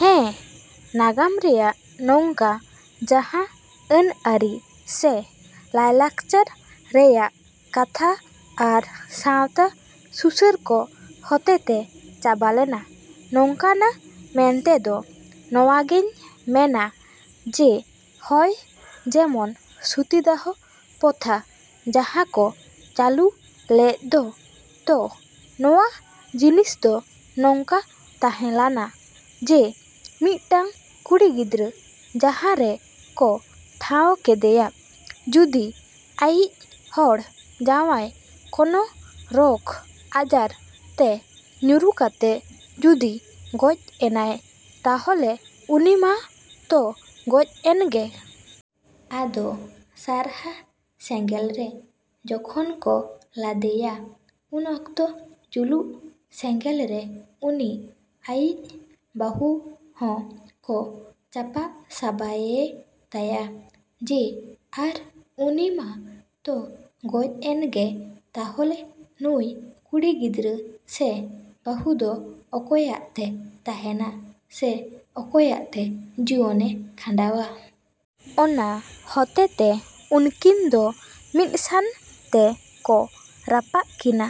ᱦᱮᱸ, ᱱᱟᱜᱟᱢ ᱨᱮᱭᱟᱜ ᱱᱚᱝᱠᱟ ᱡᱟᱦᱟᱸ ᱟᱹᱱᱼᱟᱹᱨᱤ ᱥᱮ ᱞᱟᱭᱼᱞᱟᱠᱪᱟᱨ ᱨᱮᱭᱟᱜ ᱠᱟᱛᱷᱟ ᱟᱨ ᱥᱟᱶᱛᱟ ᱥᱩᱥᱟᱹᱨ ᱠᱚ ᱦᱚᱛᱮ ᱛᱮ ᱪᱟᱵᱟ ᱞᱮᱱᱟ, ᱱᱚᱝᱠᱟᱱᱟ ᱢᱮᱱᱛᱮᱫᱚ ᱱᱚᱣᱟ ᱜᱮᱧ ᱢᱮᱱᱟ ᱡᱮ ᱦᱚᱭ ᱡᱮᱢᱚᱱ ᱥᱚᱛᱤᱫᱟᱦᱚ ᱯᱚᱛᱷᱟ ᱡᱟᱦᱟᱸ ᱠᱚ ᱪᱟᱹᱞᱩ ᱞᱮᱫ ᱫᱚ, ᱛᱚ ᱱᱚᱣᱟ ᱡᱤᱱᱤᱥ ᱫᱚ ᱱᱚᱝᱠᱟ ᱛᱟᱦᱮᱸ ᱞᱟᱱᱟ ᱡᱮ ᱢᱤᱫᱴᱟᱝ ᱠᱩᱲᱤ ᱜᱤᱫᱽᱨᱟᱹ ᱡᱟᱦᱟᱸ ᱨᱮ ᱠᱚ ᱴᱷᱟᱶ ᱠᱮᱫᱮᱭᱟ ᱡᱩᱫᱤ ᱟᱭᱤᱡ ᱦᱚᱲ ᱡᱟᱶᱟᱭ ᱠᱚᱱᱚ ᱨᱚᱜᱽ ᱟᱡᱟᱨ ᱛᱮ ᱧᱩᱨᱩ ᱠᱟᱛᱮ ᱡᱩᱫᱤ ᱜᱚᱡ ᱮᱱᱟᱭ ᱛᱟᱦᱚᱞᱮ ᱩᱱᱤ ᱢᱟ ᱛᱚ ᱜᱚᱡ ᱮᱱ ᱜᱮ᱾ ᱟᱫᱚ ᱥᱟᱨᱦᱟ ᱥᱮᱸᱜᱮᱞ ᱨᱮ ᱡᱚᱠᱷᱚᱱ ᱠᱚ ᱞᱟᱫᱮᱭᱟ ᱩᱱ ᱚᱠᱛᱚ ᱡᱩᱞᱩᱜ ᱥᱮᱸᱜᱮᱞ ᱨᱮ ᱩᱱᱤ ᱟᱭᱤᱡ ᱵᱟᱹᱦᱩ ᱦᱚᱸ ᱠᱚ ᱪᱟᱯᱟᱜ ᱥᱟᱵᱟᱭᱮ ᱛᱟᱭᱟ ᱡᱮ ᱟᱨ ᱩᱱᱤ ᱢᱟ ᱛᱚ ᱜᱚᱡ ᱮᱱ ᱜᱮ ᱛᱟᱦᱚᱞᱮ ᱱᱩᱭ ᱠᱩᱲᱤ ᱜᱤᱫᱽᱨᱟᱹ ᱥᱮ ᱵᱟᱹᱦᱩ ᱫᱚ ᱚᱠᱚᱭᱟᱜ ᱛᱮ ᱛᱟᱦᱮᱱᱟ ᱥᱮ ᱚᱠᱚᱭᱟᱜ ᱛᱮ ᱡᱤᱭᱚᱱᱮ ᱠᱷᱟᱸᱰᱟᱣᱟ? ᱚᱱᱟ ᱦᱚᱛᱮ ᱛᱮ ᱩᱱᱠᱤᱱ ᱫᱚ ᱢᱤᱫᱥᱟᱱ ᱛᱮ ᱠᱚ ᱨᱟᱯᱟᱜ ᱠᱤᱱᱟ,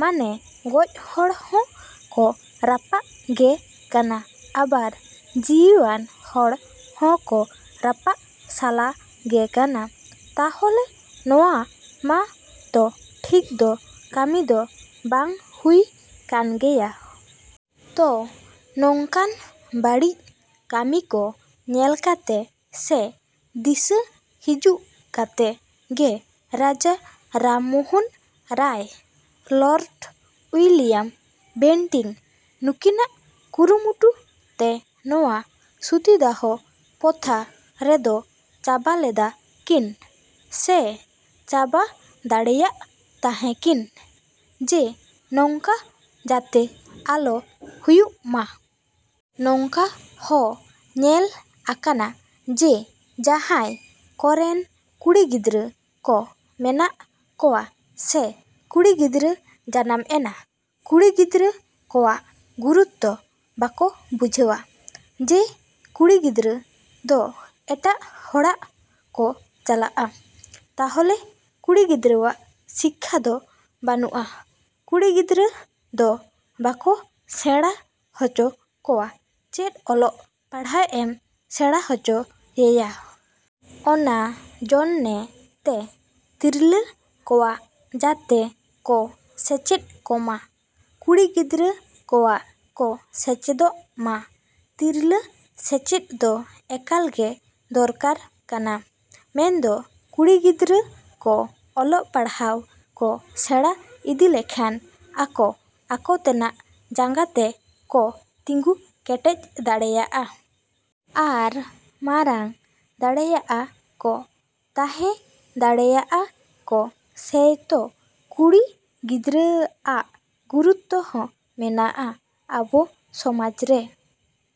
ᱢᱟᱱᱮ ᱜᱚᱡ ᱦᱚᱲ ᱦᱚᱸ ᱠᱚ ᱨᱟᱯᱟᱜ ᱜᱮ ᱠᱟᱱᱟ ᱟᱵᱟᱨ ᱡᱤᱣᱤᱣᱟᱱ ᱦᱚᱲ ᱦᱚᱸ ᱠᱚ ᱨᱟᱯᱟᱜ ᱥᱟᱞᱟ ᱜᱮ ᱠᱟᱱᱟ᱾ ᱛᱟᱦᱚᱞᱮ ᱱᱚᱣᱟ ᱢᱟ ᱛᱚ ᱴᱷᱤᱠ ᱫᱚ ᱠᱟᱹᱢᱤ ᱫᱚ ᱵᱟᱝ ᱦᱩᱭ ᱠᱟᱱ ᱜᱮᱭᱟ᱾ ᱛᱚ ᱱᱚᱝᱠᱟᱱ ᱵᱟᱹᱲᱤᱡ ᱠᱟᱹᱢᱤ ᱠᱚ ᱧᱮᱞ ᱠᱟᱛᱮ ᱥᱮ ᱫᱤᱥᱟᱹ ᱦᱤᱡᱩᱜ ᱠᱟᱛᱮ ᱜᱮ Raja Rammohan Roy, Lord William Bentinck ᱱᱩᱠᱤᱱᱟᱜ ᱠᱩᱨᱩᱢᱩᱴᱩ ᱛᱮ ᱱᱚᱣᱟ ᱥᱚᱛᱤᱫᱟᱦᱚ ᱯᱚᱛᱷᱟ ᱨᱮᱫᱚ ᱪᱟᱵᱟ ᱞᱮᱫᱟ ᱠᱤᱱ ᱥᱮ ᱪᱟᱵᱟ ᱫᱟᱲᱮᱭᱟᱜ ᱛᱟᱦᱮᱸ ᱠᱤᱱ ᱡᱮ ᱱᱚᱝᱠᱟ ᱡᱟᱛᱮ ᱟᱞᱚ ᱦᱩᱭᱩᱜ ᱢᱟ᱾ ᱱᱚᱝᱠᱟ ᱦᱚ ᱧᱮᱞ ᱟᱠᱟᱱᱟ ᱡᱮ ᱡᱟᱦᱟᱸᱭ ᱠᱚᱨᱮᱱ ᱠᱩᱲᱤ ᱜᱤᱫᱽᱨᱟᱹ ᱠᱚ ᱢᱮᱱᱟᱜ ᱠᱚᱣᱟ ᱥᱮ ᱠᱩᱲᱤ ᱜᱤᱫᱽᱨᱟᱹ ᱡᱟᱱᱟᱢᱮᱱᱟ, ᱠᱩᱲᱤ ᱜᱤᱫᱽᱨᱟᱹ ᱠᱚᱣᱟᱜ ᱜᱩᱨᱩᱛᱛᱚ ᱵᱟᱠᱚ ᱵᱩᱡᱷᱟᱹᱣᱟ ᱡᱮ ᱠᱩᱲᱤ ᱜᱤᱫᱽᱨᱟᱹ ᱫᱚ ᱮᱴᱟᱜ ᱦᱚᱲᱟᱜ ᱠᱚ ᱪᱟᱞᱟᱜᱼᱟ᱾ ᱛᱟᱦᱚᱞᱮ ᱠᱩᱲᱤ ᱜᱤᱫᱽᱨᱟᱹᱣᱟᱜ ᱥᱤᱠᱠᱷᱟ ᱫᱚ ᱵᱟᱹᱱᱩᱜᱼᱟ, ᱠᱩᱲᱤ ᱜᱤᱫᱽᱨᱟᱹ ᱫᱚ ᱵᱟᱠᱚ ᱥᱮᱬᱟ ᱦᱚᱪᱚ ᱠᱚᱣᱟ ᱪᱮᱫ ᱚᱞᱚᱜ ᱯᱟᱲᱦᱟᱣ ᱮᱢ ᱥᱮᱬᱟ ᱦᱚᱪᱚᱭᱮᱭᱟ? ᱚᱱᱟ ᱡᱚᱱᱱᱮ ᱛᱮ ᱛᱤᱨᱞᱟᱹ ᱠᱚᱣᱟᱜ ᱡᱟᱛᱮ ᱠᱚ ᱥᱮᱪᱮᱫ ᱠᱚᱢᱟ, ᱠᱩᱲᱤ ᱜᱤᱫᱽᱨᱟᱹ ᱠᱚᱣᱟᱜ ᱠᱚ ᱥᱮᱪᱮᱫᱚᱜ ᱢᱟ, ᱛᱤᱨᱞᱟᱹ ᱥᱮᱪᱮᱫ ᱫᱚ ᱮᱠᱟᱞ ᱜᱮ ᱫᱚᱨᱠᱟᱨ ᱠᱟᱱᱟ᱾ ᱢᱮᱱᱫᱚ ᱠᱩᱲᱤ ᱜᱤᱫᱽᱨᱟᱹ ᱠᱚ ᱚᱞᱚᱜ ᱯᱟᱲᱦᱟᱣ ᱠᱚ ᱥᱮᱬᱟ ᱤᱫᱤ ᱞᱮᱠᱷᱟᱱ ᱟᱠᱚ ᱟᱠᱚ ᱛᱮᱱᱟᱜ ᱡᱟᱸᱜᱟ ᱛᱮ ᱠᱚ ᱛᱤᱸᱜᱩ ᱠᱮᱴᱮᱡ ᱫᱟᱲᱮᱭᱟᱜᱼᱟ᱾ ᱟᱨ ᱢᱟᱨᱟᱝ ᱫᱟᱲᱮᱭᱟᱜᱼᱟ ᱠᱚ, ᱛᱟᱦᱮᱸ ᱫᱟᱲᱮᱭᱟᱜᱼᱟ ᱠᱚ, ᱥᱮᱭᱛᱚ ᱠᱩᱲᱤ ᱜᱤᱫᱽᱨᱟᱹᱟᱜ ᱜᱩᱨᱩᱛᱛᱚ ᱦᱚᱸ ᱢᱮᱱᱟᱜᱼᱟ ᱟᱵᱚ ᱥᱚᱢᱟᱽ ᱨᱮ᱾